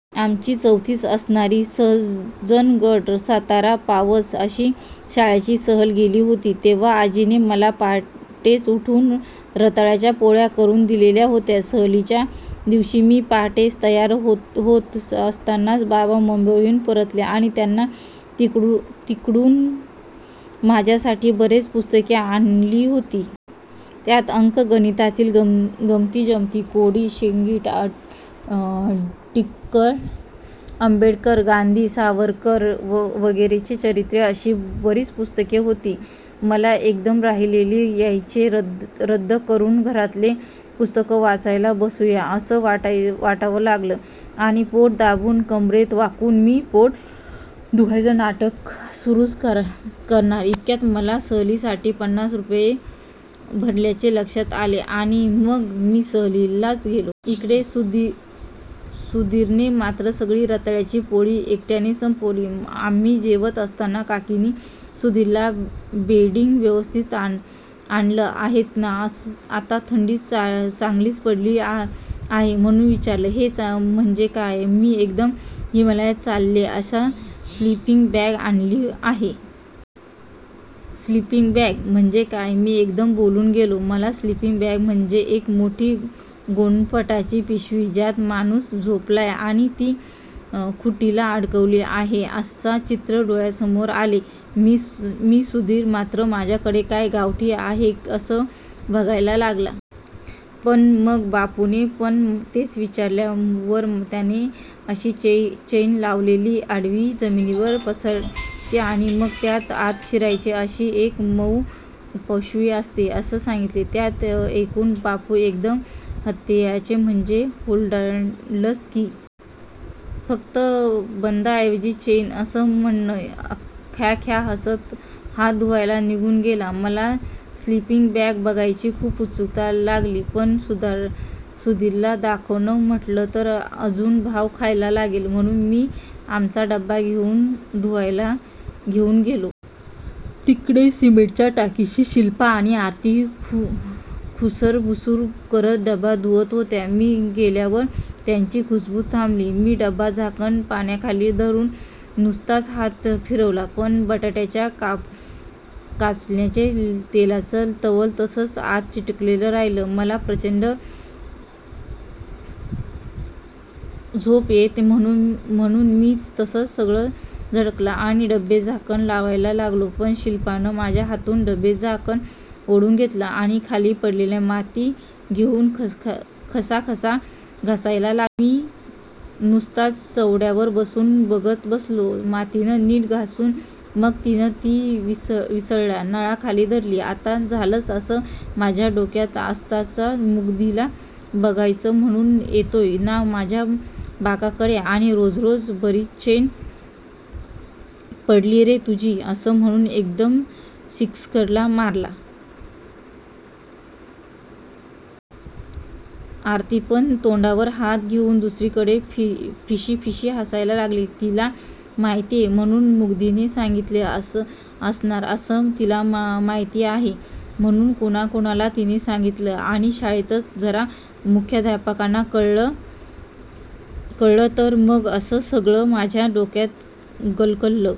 आमची चौथीत असताना सज्जनगड-सातारा-पावस अशी शाळेची सहल गेली होती तेव्हा आजीने मला पहाटेचं उठून रताळ्याच्या पोळ्या करुन दिलेल्या होत्या. सहलीच्या दिवशी मी पहाटे तयार होत असतानाच बाबा मुंबईहून परतले आणि त्यांनी तिकडून माझ्यासाठी बरीच पुस्तके आणली होती. त्यात अंकगणितातील गमतीजमती, कोडी, शेडिंग, टिळक-आंबेडकर-गांधी-सावरकर वगैरेंचं चरित्र अशी बरीच पुस्तके होती. मला एकदम सहलीला जायचे रद्द करुन घरातच पुस्तकं वाचत बसुया असं वाटायला लागलं आणि पोट दाबून, कमरेत वाकून, मी पोट दुखायचं नाटक सुरुच करणार इतक्यात मला सहलीसाठी पन्नास रुपये भरल्याचे लक्षात आले आणि मग मी सहलीलाच गेलो. इकडे सुधीरने मात्र सगळी रताळ्याची पोळी एकट्यानेच संपवली. आम्ही जेवत असताना काकांनी सुधीरला बेडिंग व्यवस्थित आणलं आहेस ना? आता थंडी चांगलीच पडते आहे म्हणुन विचारलं. हो म्हणजे काय? मी एकदम हिमालयात चालेल अशी स्लिपींग बॅग आणली आहे. स्लिपींग बॅग म्हणजे काय? मी एकदम बोलून गेलो. मला स्लिपींग बॅग म्हणजे एक मोठी गोणपाटाची पिशवी ज्यात माणुस झोपलाय आणि ती खुंटीला अडकवली आहे असे चित्र डोळ्यासमोर आले. पण सुधीर मात्र माझ्याकडे काय गावठी आहे असे बघायला लागला. पण मग बापूंनी पण तेच विचारल्यावर त्याने अशी चेन लावलेली आडवी जमिनीवर पसरायची आणि मग त्यात आत शिरायचं अशी एक मउ पिशवी असते असं सांगितलं. त्याचं ऐकून बापू एकदम हात्तेच्यायला, म्हणजे होल्डॉलच की. फक्त बंदाऐवजी चेन असं म्हणत ख्याख्या हसत हात धुवायला निघून गेले. मला स्लिपिंग बॅग बघायची खूप उत्सुकता लागली. पण सुधीरला दाखव म्हटलं तर अजून भाव खायला लागेल म्हणुन मी आमचा डबा घेउन धुवायला घेउन गेलो. तिकडे सिमेंटच्या टाकीशी शिल्पा आणि आरती खुसुरफुसुर करत डबे धूत होत्या. मी गेल्यावर त्यांची खुसफुस थांबली. मी डबे-झाकणं पाण्याखाली धरुन नुसताच हात फिरवला पण बटाट्याच्या काचऱ्यांचा तेलाचा तवंग तसाच आत चिकटलेला राहिला. मला प्रचंड झोप येत होती म्हणुन मी तसच सगळं झटकलं आणि डबे-झाकणं लावायला लागलो तर शिल्पीनं माझ्या हातून डबे-झाकणं ओढून घेतली आणि खाली पडलेली माती घेउन खसाखसा घासायला लागली. मी नुसताच चवड्यांवर बसून बघत बसलो. मातीनं नीट घासून मग तिनं ती विसळायला नळाखाली धरली. आता झालच असं माझ्या डोक्यात असताना मुग्धीला बघायचं म्हणुन येतोस ना माझ्या बाकाकडं आणि रोज रोज बरी चेन पडती रे तुझी असं म्हणुन एकदम सिक्सरच मारला. आरतीपण तोंडावर हात घेउन दुसरीकडे फिसीफिसी हसायला लागली. हिला माहितीये म्हणजे मुग्धानेच सांगितलेलं असणार आणि तिला माहिती आहे म्हणजे कुणाकुणाला तिनं सांगितलय आणि शाळेत जर मुख्याधापकांना कळलं तर ते माझी सालडी सोलतील आणि घरी कळलं तर मग असं सगळं माझ्या डोक्यात कलकल